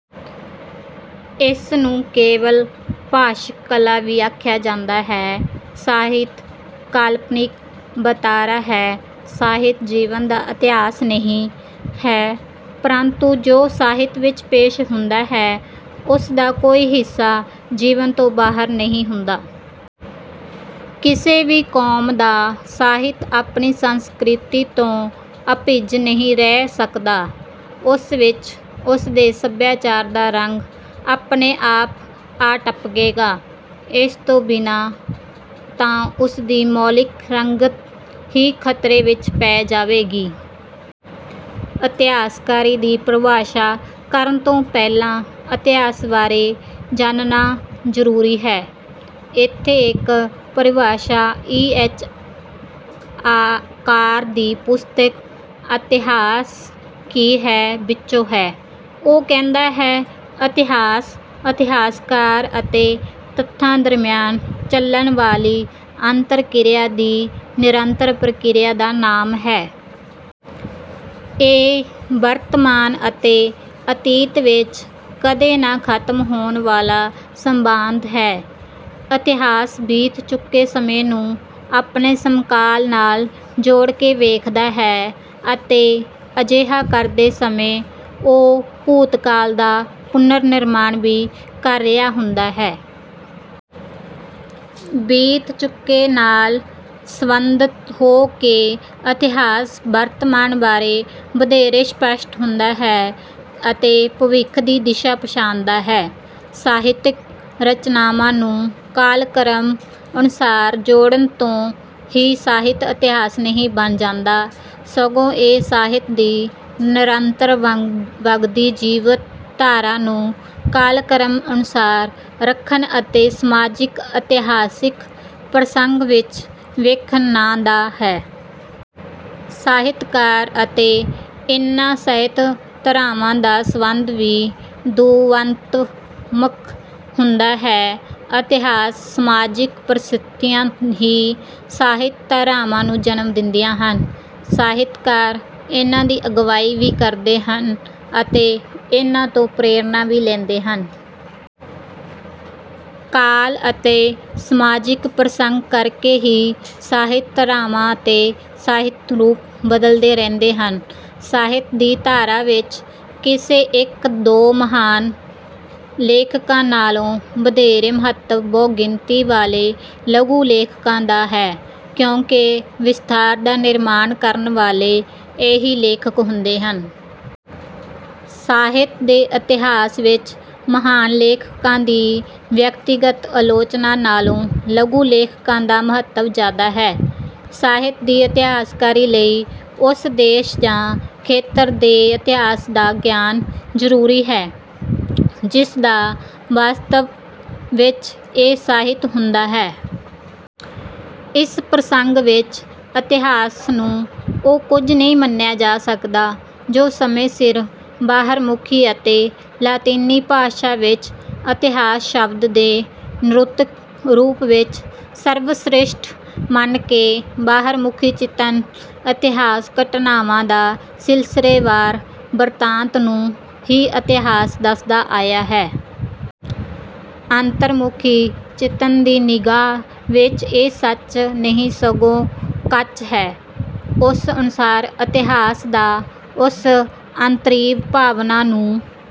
ਇਸ ਨੂੰ ਕੇਵਲ ਭਾਸ਼ਕ ਕਲਾ ਵੀ ਆਖਿਆ ਜਾਂਦਾ ਹੈ। ਸਾਹਿਤ ਕਾਲਪਨਿਕ ਵਰਤਾਰਾ ਹੈ, ਸਾਹਿਤ ਜੀਵਨ ਦਾ ਇਤਿਹਾਸ ਨਹੀਂ ਹੈ, ਪ੍ਰੰਤੂ ਜੋ ਕੁਝ ਸਾਹਿਤ ਵਿੱਚ ਪੇਸ਼ ਹੁੰਦਾ ਹੈ ਉਸ ਦਾ ਕੋਈ ਹਿੱਸਾ ਜੀਵਨ ਤੋਂ ਬਾਹਰ ਨਹੀਂ ਹੁੰਦਾ। ਕਿਸੇ ਵੀ ਕੌਮ ਦਾ ਸਾਹਿਤ ਆਪਣੀ ਸੰਸਕ੍ਰਿਤੀ ਤੋਂ ਅਭਿੱਜ ਨਹੀਂ ਰਹਿ ਸਕਦਾ, ਉਸ ਵਿੱਚ ਉਸਦੇ ਸੱਭਿਆਚਾਰ ਦਾ ਰੰਗ ਆਪਣੇ ਆਪ ਆ ਟਪਕੇਗਾ। ਇਸ ਤੋਂ ਬਿਨਾਂ ਤਾਂ ਉਸਦੀ ਮੌਲਿਕ ਰੰਗਤ ਹੀ ਖਤਰੇ ਵਿੱਚ ਪੈ ਜਾਵੇਗੀ। ਇਤਿਹਾਸਕਾਰੀ ਦੀ ਪਰਿਭਾਸ਼ਾ ਕਰਨ ਤੋਂ ਪਹਿਲਾਂ ਇਤਿਹਾਸ ਬਾਰੇ ਜਾਣਨਾ ਜ਼ਰੂਰੀ ਹੈ। ਇੱਥੇ ਇੱਕ ਪਰਿਭਾਸ਼ਾ ਈ. ਐੱਚ. ਕਾਰ ਦੀ ਪੁਸਤਕ 'ਇਤਿਹਾਸ ਕੀ ਹੈ' ਵਿੱਚੋਂ ਹੈ, ਉਹ ਕਹਿੰਦਾ ਹੈ, "ਇਤਿਹਾਸ ਇਤਿਹਾਸਕਾਰ ਅਤੇ ਤੱਥਾਂ ਦਰਮਿਆਨ ਚੱਲਣ ਵਾਲੀ ਅੰਤਰ-ਕਿਰਿਆ ਦੀ ਨਿਰੰਤਰ ਪ੍ਰਕਿਰਿਆ ਦਾ ਨਾਮ ਹੈ। ਇਹ ਵਰਤਮਾਨ ਅਤੇ ਅਤੀਤ ਵਿੱਚ ਕਦੇ ਨਾ ਖਤਮ ਹੋਣ ਵਾਲਾ ਸੰਵਾਦ ਹੈ।" ਇਤਿਹਾਸ ਬੀਤ ਚੁੱਕੇ ਸਮੇਂ ਨੂੰ ਆਪਣੇ ਸਮਕਾਲ ਨਾਲ ਜੋੜ ਕੇ ਵੇਖਦਾ ਹੈ ਅਤੇ ਅਜਿਹਾ ਕਰਦੇ ਸਮੇਂ ਉਹ ਭੂਤਕਾਲ ਦਾ ਪੁਨਰ-ਨਿਰਮਾਣ ਵੀ ਕਰ ਰਿਹਾ ਹੁੰਦਾ ਹੈ। ਬੀਤ ਚੁੱਕੇ ਨਾਲ ਸਬੰਧਤ ਹੋ ਕੇ ਇਤਿਹਾਸ ਵਰਤਮਾਨ ਬਾਰੇ ਵਧੇਰੇ ਸਪਸ਼ਟ ਹੁੰਦਾ ਹੈ ਅਤੇ ਭਵਿੱਖ ਦੀ ਦਿਸ਼ਾ ਪਛਾਣਦਾ ਹੈ। ਸਾਹਿਤਕ ਰਚਨਾਵਾਂ ਨੂੰ ਕਾਲਕ੍ਰਮ ਅਨੁਸਾਰ ਜੋੜਨ ਤੋਂ ਹੀ ਸਾਹਿਤ ਇਤਿਹਾਸ ਨਹੀਂ ਬਣ ਜਾਂਦਾ, ਸਗੋਂ ਇਹ ਸਾਹਿਤ ਦੀ ਨਿਰੰਤਰ ਵਗਦੀ ਜੀਵੰਤ ਧਾਰਾ ਨੂੰ ਕਾਲਕ੍ਰਮ ਅਨੁਸਾਰ ਰੱਖਣ ਅਤੇ ਸਮਾਜਿਕ-ਇਤਿਹਾਸਕ ਪ੍ਰਸੰਗ ਵਿੱਚ ਵੇਖਣ ਦਾ ਨਾਂ ਹੈ। ਸਾਹਿਤਕਾਰ ਅਤੇ ਇਹਨਾਂ ਸਾਹਿਤ ਧਾਰਾਵਾਂ ਦਾ ਸਬੰਧ ਵੀ ਦੁਵੰਦਾਤਮਕ ਹੁੰਦਾ ਹੈ। ਇਤਿਹਾਸਕ-ਸਮਾਜਿਕ ਪ੍ਰਸਥਿਤੀਆਂ ਹੀ ਸਾਹਿਤ ਧਾਰਾਵਾਂ ਨੂੰ ਜਨਮ ਦਿੰਦੀਆਂ ਹਨ। ਸਾਹਿਤਕਾਰ ਇਨ੍ਹਾਂ ਦੀ ਅਗਵਾਈ ਵੀ ਕਰਦੇ ਹਨ, ਅਤੇ ਇਨ੍ਹਾਂ ਤੋਂ ਪ੍ਰੇਰਨਾ ਵੀ ਲੈਂਦੇ ਹਨ। ਕਾਲ ਅਤੇ ਸਮਾਜਿਕ ਪ੍ਰਸੰਗ ਕਰਕੇ ਹੀ ਸਾਹਿਤ ਧਾਰਾਵਾਂ ਅਤੇ ਸਾਹਿਤ ਰੂਪ ਬਦਲਦੇ ਰਹਿੰਦੇ ਹਨ। ਸਾਹਿਤ ਦੀ ਧਾਰਾ ਵਿੱਚ ਕਿਸੇ ਇੱਕ-ਦੋ ਮਹਾਨ ਲੇਖਕਾਂ ਨਾਲੋਂ ਵਧੇਰੇ ਮਹੱਤਵ ਬਹੁ-ਗਿਣਤੀ ਵਾਲੇ ਲਘੂ ਲੇਖਕਾਂ ਦਾ ਹੈ, ਕਿਉਂਕਿ ਵਿਸਤਾਰ ਦਾ ਨਿਰਮਾਣ ਕਰਨ ਵਾਲੇ ਇਹੀ ਲੇਖਕ ਹੁੰਦੇ ਹਨ। ਸਾਹਿਤ ਦੇ ਇਤਿਹਾਸ ਵਿੱਚ ਮਹਾਨ ਲੇਖਕਾਂ ਦੀ ਵਿਅਕਤੀਗਤ ਆਲੋਚਨਾ ਨਾਲੋਂ ਲਘੂ ਲੇਖਕਾਂ ਦਾ ਮਹੱਤਵ ਜ਼ਿਆਦਾ ਹੈ। ਸਾਹਿਤ ਦੀ ਇਤਿਹਾਸਕਾਰੀ ਲਈ ਉਸ ਦੇਸ਼ ਜਾਂ ਖੇਤਰ ਦੇ ਇਤਿਹਾਸ ਦਾ ਗਿਆਨ ਜ਼ਰੂਰੀ ਹੈ ਜਿਸ ਦਾ ਵਾਸਤਵ ਵਿੱਚ ਇਹ ਸਾਹਿਤ ਹੁੰਦਾ ਹੈ। ਇਸ ਪ੍ਰਸੰਗ ਵਿੱਚ ਇਤਿਹਾਸ ਨੂੰ ਉਹ ਕੁਝ ਨਹੀਂ ਮੰਨਿਆ ਜਾ ਸਕਦਾ ਜੋ ਸਮੇਂ ਸਿਰ ਬਾਹਰਮੁਖੀ ਅਤੇ ਲਾਤੀਨੀ ਭਾਸ਼ਾ ਵਿੱਚ ਇਤਿਹਾਸ ਸ਼ਬਦ ਦੇ ਨਿਰੁਕਤ ਰੂਪ ਨੂੰ ਸਰਵਸ੍ਰੇਸ਼ਟ ਮੰਨ ਕੇ ਬਾਹਰਮੁਖੀ ਚਿੰਤਨ, ਇਤਿਹਾਸ ਘਟਨਾਵਾਂ ਦੇ ਸਿਲਸਿਲੇਵਾਰ ਬਿਰਤਾਂਤ ਨੂੰ ਹੀ ਇਤਿਹਾਸ ਦੱਸਦਾ ਆਇਆ ਹੈ। ਅੰਤਰਮੁਖੀ ਚਿੰਤਨ ਦੀ ਨਿਗਾਹ ਵਿੱਚ ਇਹ ਸੱਚ ਨਹੀਂ ਸਗੋਂ ਕੱਚ ਹੈ। ਉਸ ਅਨੁਸਾਰ ਇਤਿਹਾਸ ਤਾਂ ਉਸ ਅੰਤਰੀਵ ਭਾਵਨਾ ਨੂੰ